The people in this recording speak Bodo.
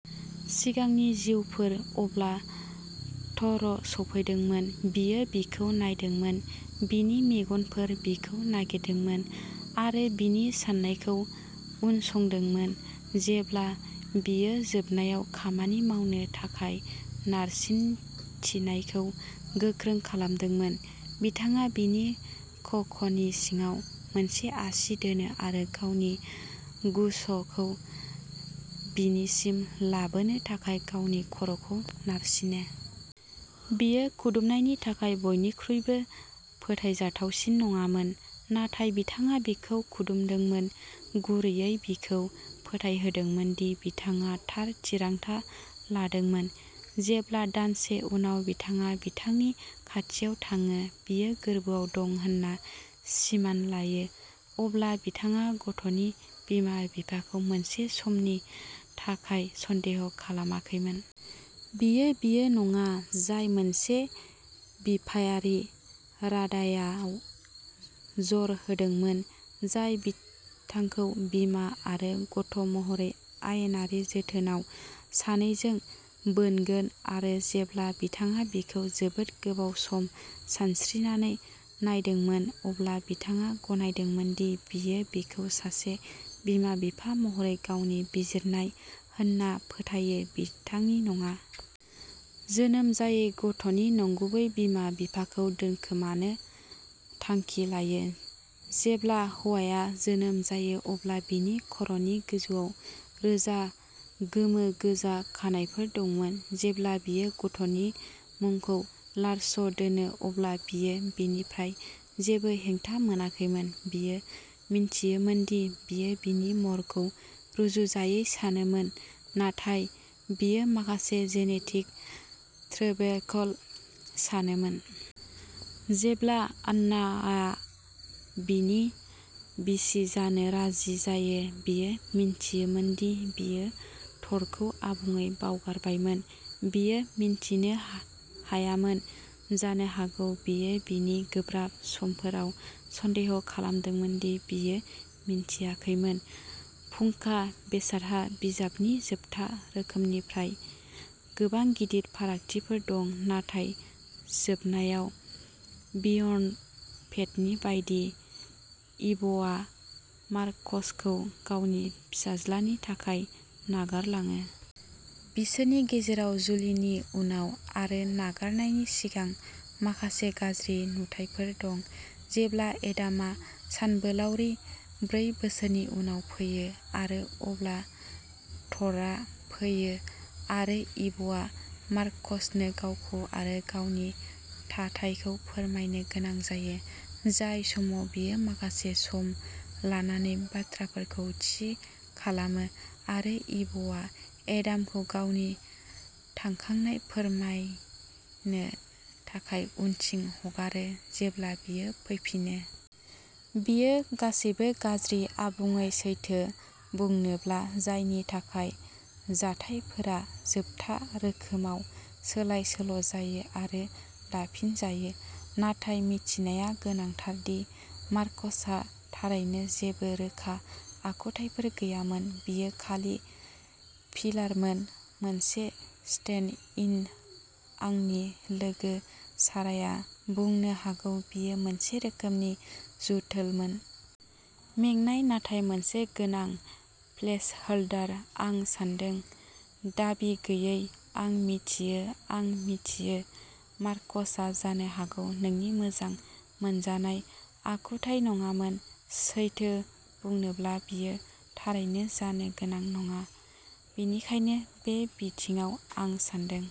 सिगांनि जिउफोर। अब्ला थ'र सौफैदोंमोन। बियो बिखौ नायदोंमोन, बिनि मेगनफोरा बिखौ नागिरदोंमोन, आरो बिनि साननायखौ उनसंदोंमोन जेब्ला बियो जोबनायाव खामानि मावनो थाखाय नारसिन्थिनायखौ गोख्रों खालामदोंमोन। बिथाङा बिनि खख'नि सिङाव मोनसे आसि दोनो, आरो गावनि गुस'खौ बिनिसिम लाबोनो थाखाय गावनि खर'खौ नारसिनो। बेयो खुदुमनायनि थाखाय बयनिख्रुइबो फोथायजाथावसिन नङामोन, नाथाय बिथाङा बिखौ खुदुमदोंमोन, गुरैयै बिखौ फोथायहोदोंमोन दि बिथाङा थार थिरांथा लादोंमोन। जेब्ला, दानसे उनाव, बिथाङा बिथांनि खाथियाव थाङो, बियो गोर्बोआव दं होन्ना सिमान लायो, अब्ला बिथाङा गथ'नि बिमा-बिफाखौ मोनसे समनि थाखाय सन्देह खालामाखैमोन। बियो, बियो नङा, जाय मोनसे बिफायारि रादायआव जर होदोंमोन, जाय बिथांखौ बिमा आरो गथ'महरै, आयेनारि जोथोनआव, सानैजों बोनगोन। आरो जेब्ला बिथाङा बिखौ जोबोद गोबाव सम सानस्रिनानै नायदोंमोन, अब्ला बिथाङा गनायदोंमोन दि बियो बेखौ सासे बिमा-बिफा महरै गावनि बिजिरनाय होनना फोथायो, बिथांनि नङा। जोनोम जायै गथ'नि नंगुबै बिमा-बिफाखौ दोनखोमानो थांखि लायो। जेब्ला हौवाया जोनोम जायो, अब्ला बिनि खर'नि गोजौआव रोजा गोमो-गोजा खानाइफोर दंमोन। जेब्ला बियो गथ'नि मुंखौ लार्स दोनो, अब्ला बियो बेनिफ्राय जेबो हेंथा मोनाखैमोन, बियो मोनथियोमोन दि बियो बिनि महरखौ रुजुजायै सानोमोन, नाथाय बेखौ माखासे जेनेटिक थ्रोबेकल'सानोमोन। जेब्ला आन्नाआ बिनि बिसि जानो राजि जायो, बियो मोनथियोमोन दि बियो थरखौ आबुङै बावगारबायमोन। बियो मिन्थिनो हायामोन, जानो हागौ बियो बिनि गोब्राब समफोराव सन्देह खालामदोंमोन दि बियो मिन्थियाखैमोन। फुंखा बेसादहा बिजाबनि जोबथा रोखोमनिफ्राय गोबां गिदिर फारागथिफोर दं नाथाय जोबनायाव, बियन्ड फेटनि बायदि, इभआ मार्कसखौ गावनि फिसाज्लानि थाखाय नागारलाङो। बिसोरनि गेजेराव जुलिनि उनाव आरो नागारनायनि सिगां माखासे गाज्रि नुथायफोर दं, जेब्ला एडामा सानबोलावरि ब्रै बोसोरनि उनाव फैयो, आरो अब्ला थ'रआ फैयो, आरो इभआ मार्कसनो गावखौ आरो गावनि थाथायखौ फोरमायनो गोनां जायो, जाय समाव बियो माखासे सम लानानै बाथ्राफोरखौ थि खालामो, आरो इभआ एडामखौ गावनि थांखांनाय फोरमायनो थाखाय उनथिं हगारो जेब्ला बियो फैफिनो। बेयो गासैबो गाज्रि, आबुङै सैथो बुंनोब्ला, जायनि थाखाय जाथायफोरा जोबथा रोखोमाव सोलाय-सोल'जायो आरो दाफिनजायो, नाथाय मिथिनाया गोनांथार दि मार्कसहा थारैनो जेबो रोखा आखुथायफोर गैयामोन। बियो खालि फिलारमोन। मोनसे स्टेन्ड इन। आंनि लोगो साराया बुंनो हागौ-- बियो मोनसे रोखोमनि जुथोल'मोन। मेंनाय नाथाय मोनसे गोनां प्लेसहोल्डार, आं सान्दों। दाबि गैयै आं मिथियो, आं मिथियो। मार्कसआ जानो हागौ नोंनि मोजां मोनजानाय आखुथाय नङामोन। सैथो बुंनोब्ला, बियो थारैनो जानो गोनां नङा, बेनिखायनो बे बिथिङाव, आं सान्दों।